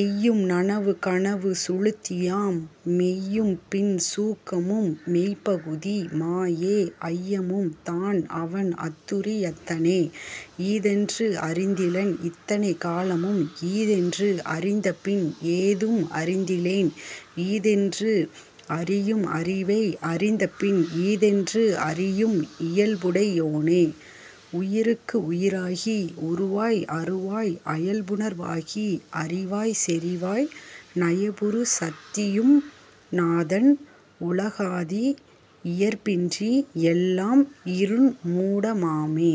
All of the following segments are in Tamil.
எய்யும் நனவு கனவு சுழுத்தியாம் மெய்யும்பின் சூக்கமும் மெய்ப்பகுதி மாயை ஐயமும் தான்அவன் அத்துரி யத்தனே. ஈதென்று அறிந்திலன் இத்தனை காலமும் ஈதென்று அறிந்தபின் ஏதும் அறிந்திலேன் ஈதென்று அறியும் அறிவை அறிந்தபின் ஈதென்று அறியும் இயல்புடை யோனே. உயிர்க்குஉயி ராகி உருவாய் அருவாய் அயல்புணர் வாகி அறிவாய்ச் செறிவாய் நயப்புறு சத்தியும் நாதன் உலகாதி இயற்பின்றி எல்லாம் இருண்மூட மாமே.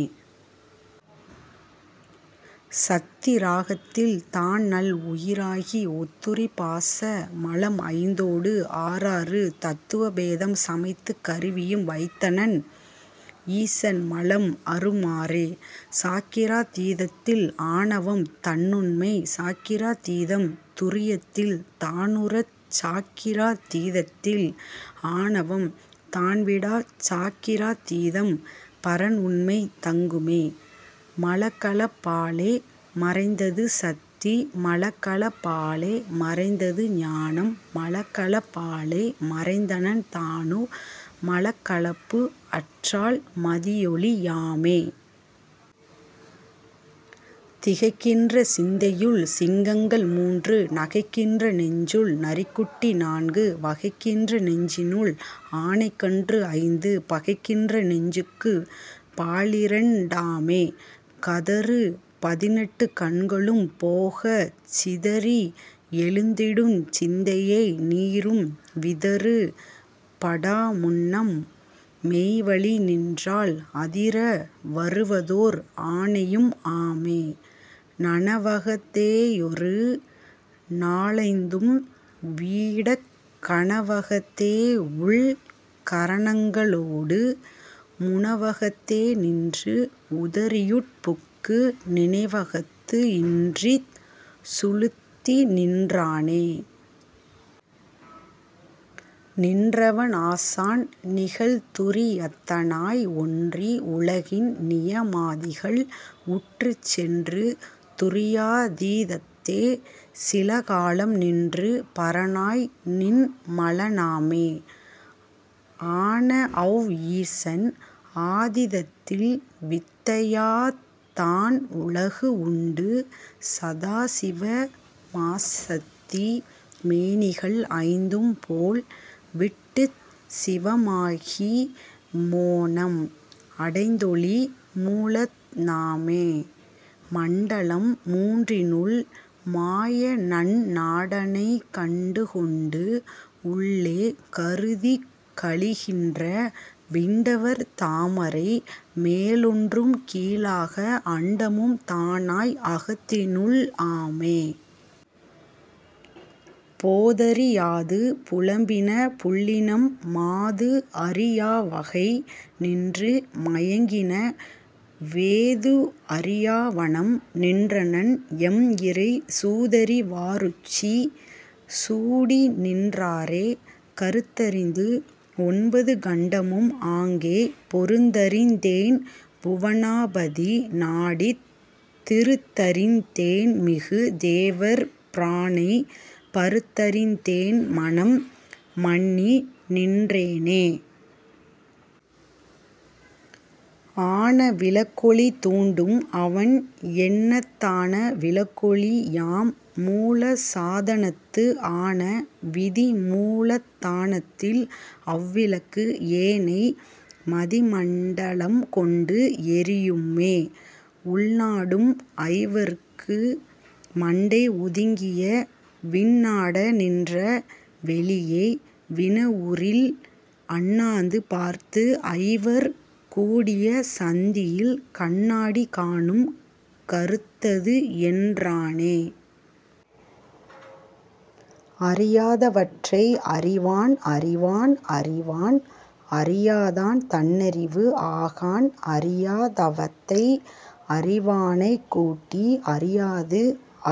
சத்தி இராகத்தில் தான்நல் உயிராகி ஒத்துறி பாச மலம்ஐந்தோடு ஆறாறு தத்துவ பேதம் சமைத்துக் கருவியும் வைத்தனன் ஈசன் மலம்அறு மாறே. சாக்கிரா தீதத்தில் ஆணவம் தன்னுண்மை சாக்கிரா தீதம் துரியத்தில் தானுறச் சாக்கிரா தீதத்தில் ஆணவம் தான்விடாச் சாக்கிரா தீதம் பரன்உண்மை தங்குமே. மலக்கலப் பாலே மறைந்தது சத்தி மலக்கலப் பாலே மறைந்தது ஞானம் மலக்கலப் பாலே மறைந்தனன் தாணு மலக்கலப்பு அற்றால் மதியொளி யாமே. திகைக்கின்ற சிந்தையுள் சிங்கங்கள் மூன்று நகைக்கின்ற நெஞ்சுள் நரிக்குட்டி நான்கு வகைக்கின்ற நெஞ்சினுள் ஆனைக்கன்று ஐந்து பகைக்கின்ற நெஞ்சுக்குப் பாலிரண் டாமே. கதறு பதினெட்டுக் கண்களும் போகச் சிதறி எழுந்திடுஞ் சிந்தையை நீரும் விதறு படாமுன்னம் மெய்வழி நின்றால் அதிர வருவதோர் ஆனையும் ஆமே. நனவகத் தேயொரு நாலைந்தும் வீடக் கனவகத் தேஉள் கரணங்க ளோடு முனவகத் தேநின்று உதறியுட் புக்கு நினைவகத்து இன்றிச் சுழுத்திநின் றானே. நின்றவன் ஆசான் நிகழ்துரி யத்தனாய் ஒன்றி உலகின் நியமாதிகள் உற்றுச் சென்று துரியாதீ தத்தே சிலகாலம் நின்று பரனாய் நின்மல னாமே. ஆனஅவ் ஈசன் அதீதத்தில் வித்தையாத் தான்உலகு உண்டு சதாசிவ மாசத்தி மேனிகள் ஐந்தும்போல் விட்டுச் சிவமாகி மோனம் அடைந்தொளி மூலத் னாமே. மண்டலம் மூன்றினுள் மாயநன் நாடனைக் கண்டுகொண்டு உள்ளே கருதிக் கழிகின்ற விண்டவர் தாமரை மேலொன்றும் கீழாக அண்டமும் தானாய் அகத்தினுள் ஆமே. போதறி யாது புலம்பின புள்ளினம் மாது அறி யாவகை நின்று மயங்கின வேதுஅறி யாவணம் நின்றனன் எம்இறை சூதறி வாருச்சி சூடிநின் றாரே. கருத்தறிந்து ஒன்பது கண்டமும் ஆங்கே பொருந்தறிந் தேன்புவ னாபதி நாடித் திருத்தறிந் தேன்மிகு தேவர் பிரானை பருத்தறிந் தேன்மனம் மன்னிநின் றேனே. ஆன விளக்கொளி தூண்டும் அவன் என்னத் தான விளக்கொளி யாம்மூல சாதனத்து ஆன விதிமூலத் தானத்தில் அவ்விளக்கு ஏனை மதிமண்ட லம்கொண்டு எரியுமே. உள்நாடும் ஐவர்க்கு மண்டை ஓதுங்கிய விண்நாட நின்ற வெளியை வினவுறில் அண்ணாந்து பார்த்துஐவர் கூடிய சந்தியில் கண்நாடி காணும் கருத்ததுஎன் றானே. அறியாத வற்றை அறிவான் அறிவான் அறிவான் அறியாதான் தன்னறிவு ஆகான் அறியா தவத்தை அறிவானைக் கூட்டி அறியாது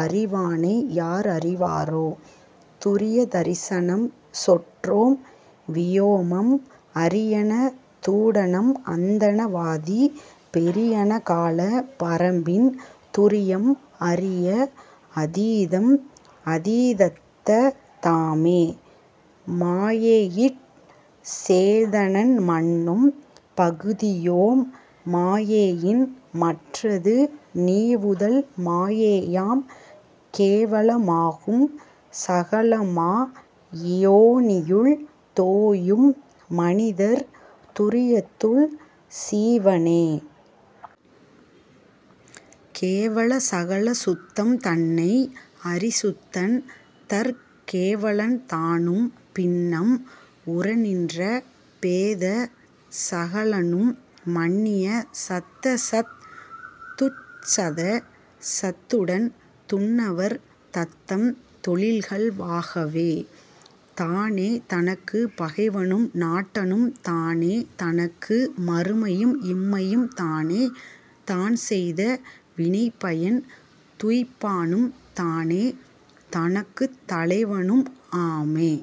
அறிவானை யார்அறிவாரே. துரிய தரிசனம் சொற்றோம் வியோமம் அரியன தூடணம் அந்தண வாதி பெரியன கால பரம்பின் துரியம் அரிய அதீதம் அதீதத்த தாமே. மாயையிற் சேதனன் மன்னும் பகுதியோன் மாயையின் மற்றது நீவுதல் மாயையாம் கேவல மாகும் சகலமா யோனியுள் தோயும் மனிதர் துரியத்துள் சீவனே.. கேவல சகல சுத்தம் தன்னை அறிசுத்தன் தற்கேவ லன்தானும் பின்னம் உறநின்ற பேத சகலனும் மன்னிய சத்தசத் துச்சத சத்துடன் துன்னவர் தத்தம் தொழில்கள் வாகவே. தானே தனக்குப் பகைவனும் நட்டானும் தானே தனக்கு மறுமையும் இம்மையும் தானே தான்செய்த வினைப்பயன் துய்ப்பானும் தானே தனக்குத் தலைவனும் ஆமே.